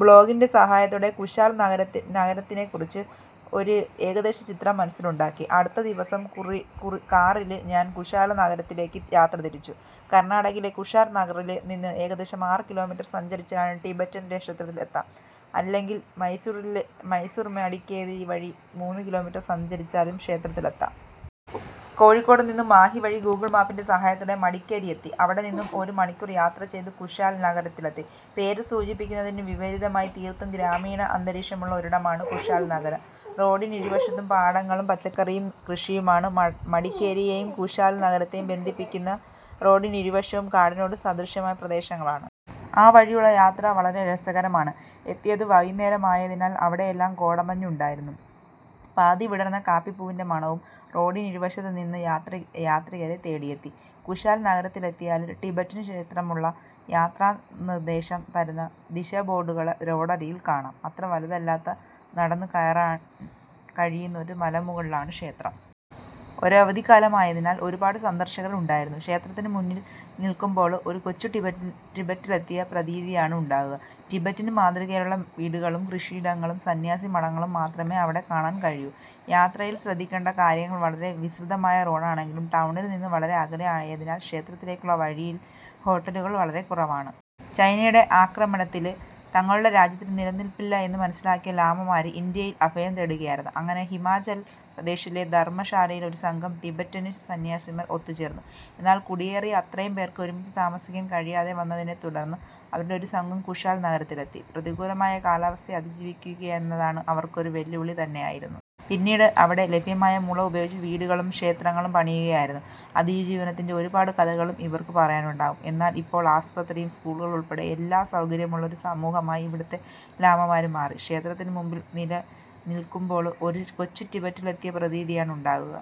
ബ്ലോഗിന്റെ സഹായത്തോടെ കുശാല് നഗറിനെക്കുറിച്ച് ഒരു ഏകദേശ ചിത്രം മനസ്സില് ഉണ്ടാക്കി. അടുത്ത ദിവസം കാറില് ഞാന് കുശാല്നഗറിലേക്ക് യാത്രതിരിച്ചു. കര്ണാടകയിലെ കുശാല് നഗറില് നിന്ന് ഏകദേശം ആറ് കിലോമീറ്റര് സഞ്ചരിച്ചാല് ടിബറ്റന് ക്ഷേത്രത്തില് എത്താം. അല്ലെങ്കില് മൈസൂര്മടിക്കേരി വഴി മൂന്ന് കിലോമീറ്റര് ദൂരം സഞ്ചരിച്ചാലും ക്ഷേത്രത്തിലെത്താം. കോഴിക്കോട് നിന്നും മാഹി വഴി ഗൂഗിള് മാപ്പിന്റെ സഹായത്തോടെ മടിക്കേരി എത്തി. അവിടെ നിന്നും ഒരു മണിക്കൂര് യാത്ര ചെയ്ത് കുശാല് നഗറിലെത്തി. പേര് സൂചിപ്പിക്കുന്നതിന് വിപരീതമായി തീര്ത്തും ഗ്രാമീണ അന്തരീക്ഷമുളള ഒരിടമാണ് കുശാല്നഗരം. റോഡിനിരുവശത്തും പാടങ്ങളും പച്ചക്കറിയും കൃഷിയുമാണ്. മടിക്കേരിയേയും കുശാല് നഗരത്തേയും ബന്ധിപ്പിക്കുന്ന റോഡിനിരുവശവും കാടിനോട് സദൃശ്യമായ പ്രദേശങ്ങളാണ്. ആ വഴിയുളള യാത്ര വളരെ രസകരമാണ്. എത്തിയത് വൈകുേന്നരമായതിനാല് അവിടെയെല്ലാം കോടമഞ്ഞും ഉണ്ടായിരുന്നു. പാതി വിടര്ന്ന കാപ്പിപ്പൂവിന്റെ മണവും റോഡിനിരുവശത്ത് നിന്നും യാത്രികരെ തേടിയെത്തി. കുശാല് നഗരത്തിലെത്തിയാല് ടിബറ്റന് ക്ഷേത്രമുള്ളയാത്രാനിര്ദേശം തരുന്ന ദിശാബോര്ഡുകള് റോഡരികില് കാണാം. അത്ര വലുതല്ലാത്ത നടന്ന് കയറാന് കഴിയുന്ന ഒരു മലമുകളിലാണ് ക്ഷേത്രം. ഒരു അവധിക്കാലമായതിനാല് ഒരുപാട് സന്ദര്ശകര് ഉണ്ടായിരുന്നു. ക്ഷേത്രത്തിനു മുമ്പില് നില്ക്കുമ്പോള് ഒരു കൊച്ചു ടിബറ്റിലെത്തിയ പ്രതീതിയാണ് ഉണ്ടാകുക. ടിബറ്റന് മാതൃകയിലുളള വീടുകളും കൃഷിയിടങ്ങളും സന്യാസിമഠങ്ങളും മാത്രമേ അവിടെ കാണാന് കഴിയൂ. യാത്രയില് ശ്രദ്ധിക്കേണ്ട കാര്യങ്ങള് വളരെ വിസ്തൃതമായ റോഡാണെങ്കിലും ടൗണില് നിന്നും വളരെ അകലെയായതിനാല് ക്ഷേത്രത്തിലേക്കുളള വഴിയില് ഹോട്ടലുകള് വളരെക്കുറവാണ്. ചൈനയുടെ ആക്രമണത്തില് തങ്ങളുടെ രാജ്യത്ത് നിലനില്പ്പില്ല എന്നു മനസ്സിലാക്കിയ ലാമമാര് ഇന്ത്യയിൽ അഭയം തേടുകയായിരുന്നു. അങ്ങനെ ഹിമാചല്പ്രദേശിലെ ധര്മ്മശാലയില് ഒരു സംഘം ടിബറ്റന് സന്യാസിമാര് ഒത്തുചേര്ന്നു. എന്നാല് കുടിയേറിയ അത്രയും പേര്ക്ക് ഒരുമിച്ച് താമസിക്കാന് കഴിയാതെ വന്നതിനെത്തുടര്ന്ന് അവരില് ഒരു സംഘം കുശാല്നഗരത്തിലെത്തി. പ്രതികൂലമായ കാലാവസ്ഥയെ അതിജീവിക്കുകയെന്നത് അവര്ക്കൊരു വെല്ലുവിളി തന്നെയായിരുന്നു. പിന്നീടവര് അവിടെ ലഭ്യമായ മുള ഉപയോഗിച്ച് വീടുകളും ക്ഷേത്രങ്ങളും പണിയുകയായിരുന്നു. അതിജീവനത്തിന്റെ ഒരു പാട് കഥകളും ഇവര്ക്ക് പറയാനുണ്ടാകും. എന്നാല് ഇപ്പോള് ആസ്പത്രിയും സ്കൂളും ഉള്പ്പെടെ എല്ലാ സൗകര്യവുമുളള ഒരു സമൂഹമായി ഇവിടുത്തെ ലാമമാര് മാറി. ക്ഷേത്രത്തിനു മുമ്പില് നില്ക്കുമ്പോള് ഒരു കൊച്ചു ടിബറ്റിലെത്തിയ പ്രതീതിയാണ് ഉണ്ടാകുക.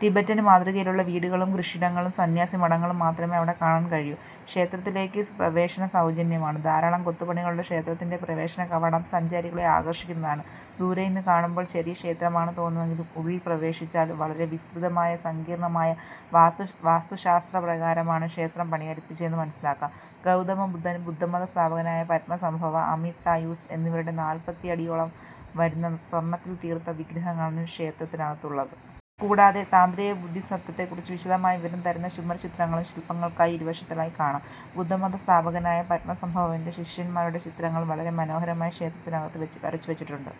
ടിബറ്റന് മാതൃകയിലുളള വീടുകളും, കൃഷിയിടങ്ങളും, സന്യാസിമഠങ്ങളും മാത്രമേ അവിടെ കാണാന് കഴിയൂ. ക്ഷേത്രത്തിലേക്കുള്ള പ്രവേശനം സൗജന്യമാണ്. ധാരാളം കൊത്തുപണികളുളള ക്ഷേത്രത്തിന്റെ പ്രവേശനകവാടം സഞ്ചാരികളെ ആകര്ഷിക്കുതാണ്. ദൂരെ നി്ന്ന് കാണുമ്പോള് ചെറിയ ക്ഷേത്രമാണെന്നു തോന്നുമെങ്കിലും ഉള്ളില് പ്രവേശിച്ചാല് വളരെ വിസ്തൃതമായി സങ്കീര്ണ്ണമായ വാസ്തുശാസ്ത്രപ്രകാരമാണ് ക്ഷേത്രം പണിക്കഴിപ്പിച്ചതെന്ന് മനസ്സിലാക്കാം. ഗൗതമ ബുദ്ധന്, ബുദ്ധമത സ്ഥാപകനായ പദ്മസംഭവ, അമിത്തായൂസ് എന്നിവരുടെ നാല്പ്പത്തിടിയോളം വരുന്ന സ്വര്ണ്ണത്തില് തീര്ത്ത വിഗ്രഹങ്ങളാണ് ക്ഷേത്രത്തിനകത്ത് ഉളളത്. കൂടാതെ താന്ത്രിക ബുദ്ധിസത്തെക്കുറിച്ച് വിശദമായ വിവരം തരുന്ന ചുമര്ച്ചിത്രങ്ങളും ശില്പ്പങ്ങള്ക്ക് ഇരുവശങ്ങളിലായി കാണാം. ബുദ്ധമത സ്ഥാപകനായ പദ്മസംഭവന്റെ ശിഷ്യന്മാരുടെ ചിത്രങ്ങള് വളരെ മനോഹരമായി ക്ഷേത്രത്തിനകത്ത് വരച്ചുവെച്ചിട്ടുണ്ട്.